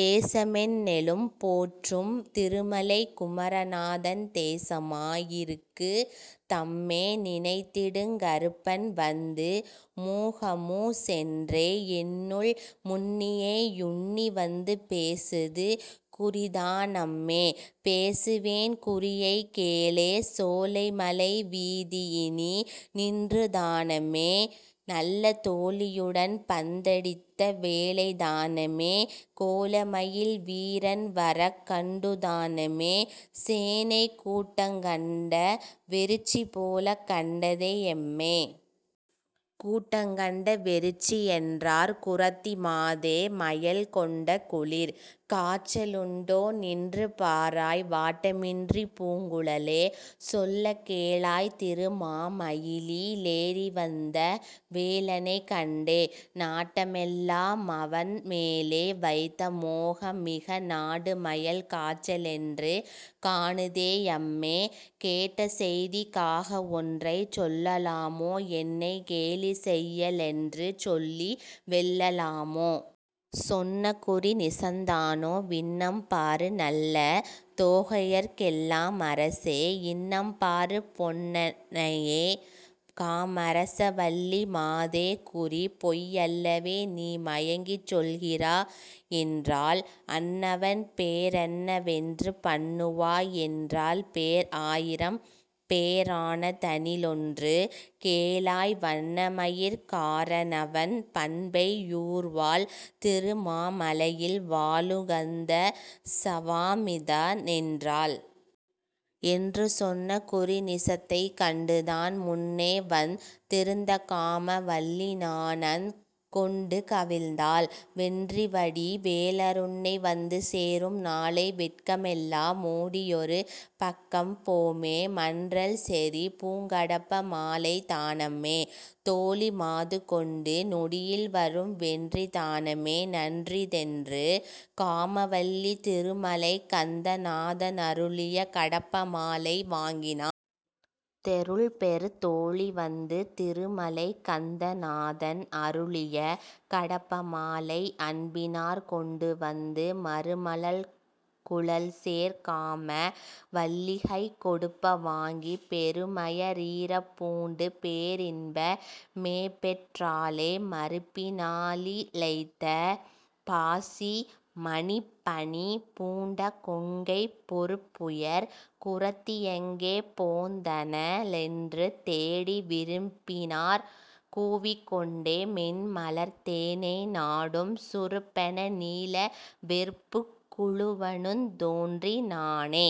தேசமெண் ணெழும் போற்றும் திருமலைக் குமர நாதன் தேசமா யிருக்கு தம்மே நினைத்திடுங் கறுப்பன் வந்து மூகமூ சென்றே யென்னுள் முன்னியே யுன்னி வந்து பேசுது குறிதா னம்மே பேசுவேன் குறியைக் கேளே..... சோலைமலை வீதியினீ நின்றுதா னம்மே நல்ல। தோழியுடன் பந்தடித்த வேளைதா னம்மே கோலமயில் வீரன்வரக் கண்டுதா னம்மே சேனைக் கூட்டங்கண்ட வெருட்சிபோலக் கண்டதே யம்மே. கூட்டங்கண்ட வெருட்சியென்றார் குறத்தி மாதே மயல் கொண்டகுளிர் காச்சலுண்டோ நின்று பாராய் வாட்டமின்றிப் பூங்குழலே சொல்லக் கேளாய் திரு மாமயிலி லேறிவந்த வேலனைக் கண்டே. நாட்டமெல்லா மவன்மேலே வைத்த மோகம் மிக நாடுமயல் காச்சலென்று காணுதே யம்மே கேட்டசெய்திக் காகவொன்றைச் சொல்லலாமோ என்னைக் கேலிசெய்ய லென்றுசொல்லி வெல்ல லாமோ. சொன்னகுறி நிசந்தானோ வின்னம் பாரு நல்ல தோகையர்க்கெல் லாமரசே யின்னம் பாரு பொன்னனைய காமரச வல்லி மாதே குறி பொய்யல்லவே நீமயங்கிச் சொல்கிறா யென்றாள். அன்னவன் பேரென்னவென்று பன்னுவா யென்றாள் பேர் ஆயிரம் பேரானதனி லொன்று கேளாய் வண்ணமயிற் காரனவன் பண்பை யூர்வாழ் திரு மாமலையில் வாழுங்கந்த சவாமிதா னென்றாள். என்று சொன்ன குறிநிசத்தைக் கண்டுதான் முன்னே வந் திருந்தகாம வல்லிநாணங் கொண்டு கவிழ்ந்தாள் வென்றிவடி வேலருன்னை வந்து சேரும் நாளை வெட்கமெல்லா மோடியொரு பக்கம் போமே. மன்றல்செறி பூங்கடப்ப மாலைதா னம்மே தோழி மாதுகொண்டு நொடியில்வரும் வென்றிதா னம்மே நன்றிதென்று காமவல்லி திருமலைக் கந்த நாதனரு ளியகடப்ப மாலை வாங்கினா.... தெருள்பெறு தோழி வந்து திருமலைக் கந்த நாதன் அருளிய கடப்ப மாலை அன்பினாற் கொண்டு வந்து மருமலர்க் குழல்சேர் காம வல்லிகைக் கொடுப்ப வாங்கி பெருமய றீரப் பூண்டு பேரின்ப மேபெற் றாளே..... மருப்பினா லிழைத்த பாசி மணிப்பணி பூண்ட கொங்கைப் பொருப்புயர் குறத்தி யெங்கே போந்தன ளென்று தேடி விருப்பினாற் கூவிக் கொண்டே மென்மலர்த் தேனை நாடும் சுருப்பென நீல வெற்புக் குளுவனுந் தோன்றி னானே.....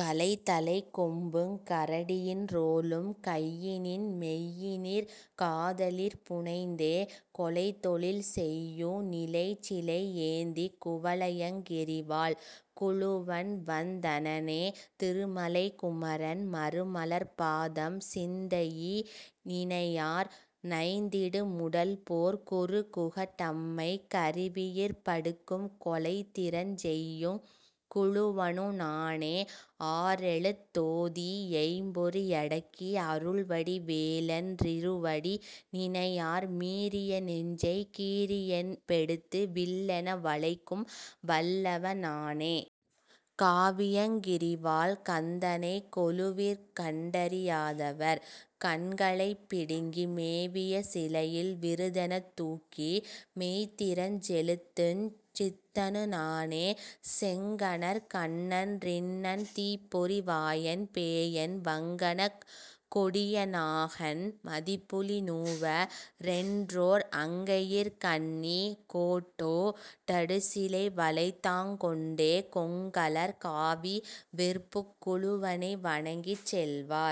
கலைத்தலைக் கொம்புங் கரடியின் றோலும் கையினின் மெய்யினிற் காதலிற் புனைந்தே கொலைத்தொழில் செய்யு நிலைச்சிலை யேந்திக் குவளையங் கிரிவாழ் குளுவன்வந் தனனே. திருமலைக் குமரன் மருமலர்ப் பாதம் சிந்தையி னினையார் நைந்திடு முடல்போற் குருகுக டம்மைக் கருவியிற் படுக்கும் கொலைத்திறஞ் செய்யுங் குளுவனு நானே. ஆறெழுத் தோதி யைம்பொறி யடக்கி அருள்வடி வேலன் றிருவடி நினையார் மீறிய நெஞ்சைக் கீறியென் பெடுத்து வில்லென வளைக்கும் வல்லவ னானே. காவியங் கிரிவாழ் கந்தனைக் கொலுவிற் கண்டறி யாதவர் கண்களைப் பிடுங்கி மேவிய சிலையில் விருதெனத் தூக்கி மெய்த்திறஞ் செலுத்துஞ் சித்தனு நானே...... செங்கணற் கண்ணன் றிண்ணன் தீப்பொறி வாயன் பேயன் வங்கணக் கொடிய னாகன் மதிப்புலி நூவ றென்றோர் அங்கையிற் கண்ணி கோட்டோ டடுசிலை வலைதாங் கொண்டே கொங்கலர் காவி வெற்புக் குளுவனை வணங்கிச் செல்வார்.....